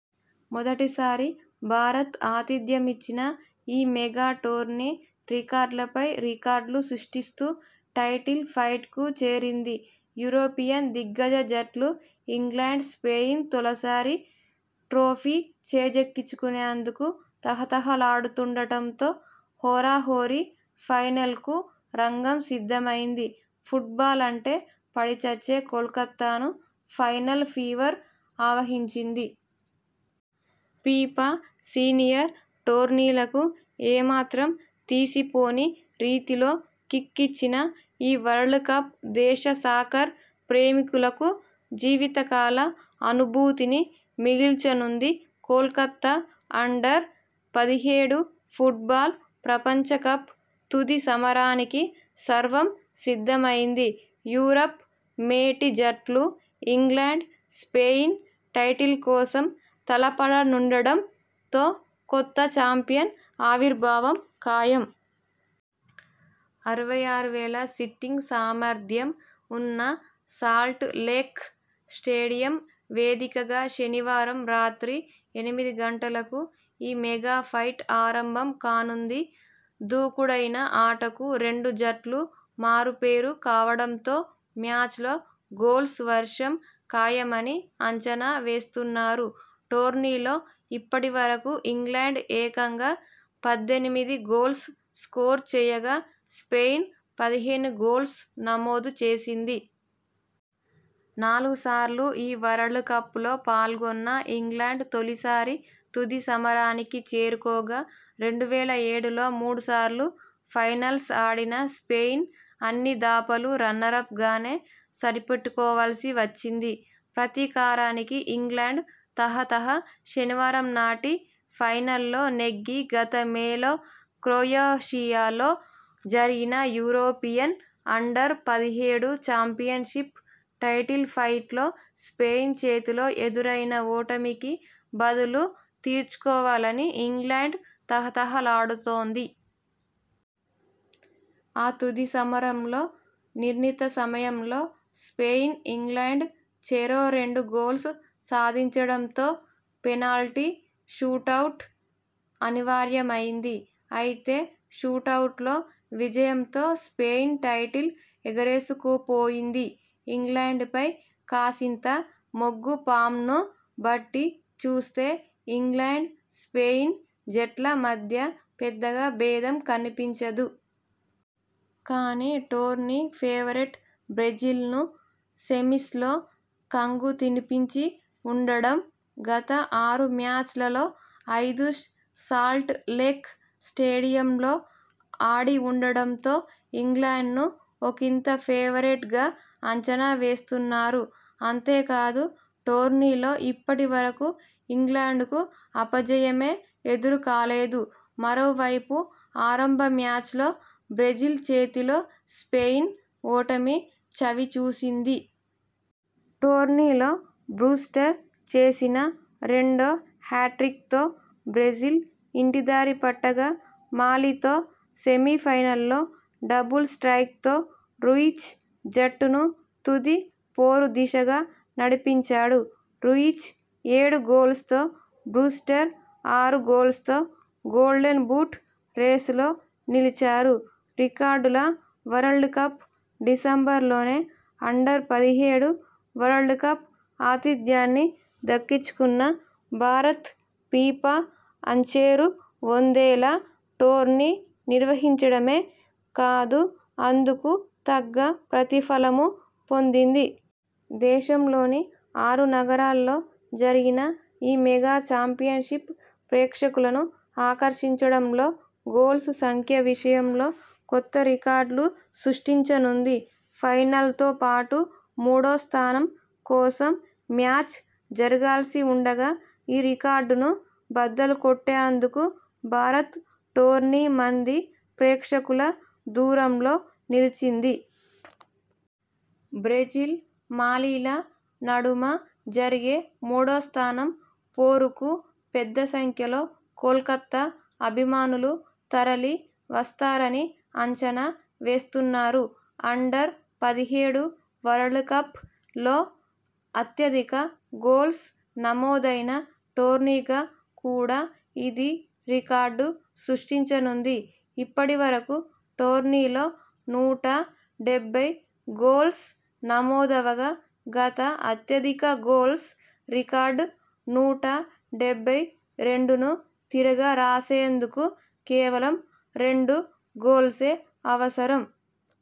మొదటిసారి భారత్ ఆతిథ్యమిచ్చిన ఈ మెగా టోర్నీ రికార్డులపై రికార్డులు సృష్టిస్తూ టైటిల్ ఫైట్ కు చేరింది. యూరోపియన్ దిగ్గజ జట్లు ఇంగ్లండ్-స్పెయిన్ తొలిసారి ట్రోఫీ చేజక్కించుకొనేందుకు తహతహలాడుతుండడంతో హోరాహోరీ ఫైనల్ కు రంగం సిద్ధమైంది. ఫుట్ బాల్ అంటే పడి చచ్చే కోల్కతాను ఫైనల్ ఫీవర్ ఆవహించింది. ఫిఫా సీనియర్ టోర్నీలకు ఏమాత్రం తీసిపోని రీతిలో 'కిక్' ఇచ్చిన ఈ వరల్డ్ కప్ దేశ సాకర్ ప్రేమికులకు జీవితకాల అనుభూతిని మిగల్చనుంది. కోల్కతా అండర్ పదిహేడు ఫుట్ బాల్ ప్రపంచకప్ తుది సమరానికి సర్వం సిద్ధమైంది. యూరప్ మేటి జట్లు ఇంగ్లండ్-స్పెయిన్ టైటిల్ కోసం తలపడనుండడం తో కొత్త చాంపియన్ ఆవిర్భావం ఖాయం. అరవై ఆరు వేల సీటింగ్ సామర్థ్యం ఉన్న సాల్ట్ లేక్ స్టేడియం వేదికగా శనివారం రాత్రి ఎనిమిది గంటలకు ఈ మెగా ఫైట్ ఆరంభం కానుంది. దూకుడైన ఆటకు రెండు జట్లు మారుపేరు కావడంతో మ్యాచ్ లో గోల్స్ వర్షం ఖాయమని అంచనా వేస్తున్నారు. టోర్నీలో ఇప్పటివరకూ ఇంగ్లండ్ ఏకంగా పద్దెనిమిది గోల్స్ స్కోరు చేయగా, స్పెయిన్ పదిహేను గోల్స్ నమోదు చేసింది. నాలుగు సార్లు ఈ వరల్డ్ కప్ లో పాల్గొన్న ఇంగ్లండ్ తొలిసారి తుది సమరానికి చేరుకోగా, రెండు వేల ఏడులో మూడుసార్లు ఫైనల్స్ ఆడిన స్పెయిన్ అన్ని దఫాలు రన్నరప్ గానే సరిపెట్టుకోవాల్సి వచ్చింది. ప్రతీకారానికి ఇంగ్లండ్ తహతహ. శనివారంనాటి ఫైనల్లో నెగ్గి గత మేలో క్రొయేషియాలో జరిగిన యూరోపి యన్ అండర్ పదిహేడు చాంపియన్ షిప్ టైటిల్ ఫైట్లో స్పెయిన్ చేతిలో ఎదురైన ఓటమికి బదులు తీర్చుకోవాలని ఇంగ్లండ్ తహతహలాడుతోంది. ఆ తుది సమరంలో నిర్ణీత సమయంలో స్పెయిన్ ఇంగ్లండ్ చెరో రెండు గోల్స్ సాధించడంతో పెనాల్టీ షూటౌట్ అనివార్యమైంది. అయితే షూటౌట్ లో విజయంతో స్పెయిన్ టైటిల్ ఎగరేసుకుపోయింది. ఇంగ్లండ్ పై కాసింత మొగ్గు ఫామ్ ను బట్టి చూస్తే ఇంగ్లండ్ స్పెయిన్ జట్ల మధ్య పెద్దగా భేదం కనిపించదు. కానీ టోర్నీ ఫేవరెట్ బ్రెజిల్ ను సెమీస్ లో కంగుతినిపించి ఉండడం, గత ఆరు మ్యాచ్ లలో ఐదు సాల్ట్ లేక్ స్టేడియంలో ఆడివుండడంతో ఇంగ్లండ్ ను ఒకింత ఫేవరెట్ గా అంచనా వేస్తున్నారు. అంతేకాదు, టోర్నీలో ఇప్పటివరకూ ఇంగ్లండ్ కు అపజయమే ఎదురుకాలేదు. మరోవైపు ఆరంభ మ్యాచ్ లో బ్రెజిల్ చేతిలో స్పెయిన్ ఓటమి చవిచూసింది. టోర్నీలో బ్రూస్టర్ చేసిన రెండో హ్యాట్రిక్ తో బ్రెజిల్ ఇంటిదారిపట్టగా మాలితో సెమీఫైనల్లో డబుల్ స్ర్టైక్ తో రూయిజ్ జట్టును తుది పోరు దిశగా నడిపించాడు. రూయిజ్ ఏడు గోల్స్ తో బ్రూస్టర్ ఆరు గోల్స్ తో 'గోల్డెన్ బూట్' రేస్ లో నిలిచారు. రికార్డుల వరల్డ్ కప్, డిసెంబరులోనే అండర్ పదిహేడు వరల్డ్ కప్ ఆతిథ్యాన్ని దక్కించుకున్న భారత్ ఫిఫా అచ్చెరువొందేలా టోర్నీ నిర్వహించడమే కాదు అందుకు తగ్గ ప్రతిఫలమూ పొందింది. దేశంలోని ఆరు నగరాల్లో జరిగిన ఈ మెగా చాంపియన్ షిప్ ప్రేక్షకులను ఆకర్షించడంలో, గోల్స్ సంఖ్య విషయంలో కొత్త రికార్డులు సృష్టించనుంది. ఫైనల్ తో పాటు మూడో స్థానం కోసం మ్యాచ్ జరగాల్సి ఉండగా, ఈ రికార్డును బద్దలు గొట్టేందుకు భారత్ టోర్నీ మంది ప్రేక్షకుల దూరంలో నిలిచింది. బ్రెజిల్ మాలిల నడుమ జరిగే మూడో స్థానం పోరుకూ పెద్దసంఖ్యలో కోల్కతా అభిమానులు తరలి వస్తారని అంచనా వేస్తున్నారు. అండర్ పదిహేడు వరల్డ్ కప్ లో అత్యధిక గోల్స్ నమోదైన టోర్నీగా కూడా ఇది రికార్డు సృష్టించనుంది. ఇప్పటివరకూ టోర్నీలో నూట డెబ్బై గోల్స్ నమోదవగా, గత అత్యధిక గోల్స్ రికార్డు నూట డెబ్బై రెండును తిరగ రాసేందుకు కేవలం రెండు గోల్సే అవసరం.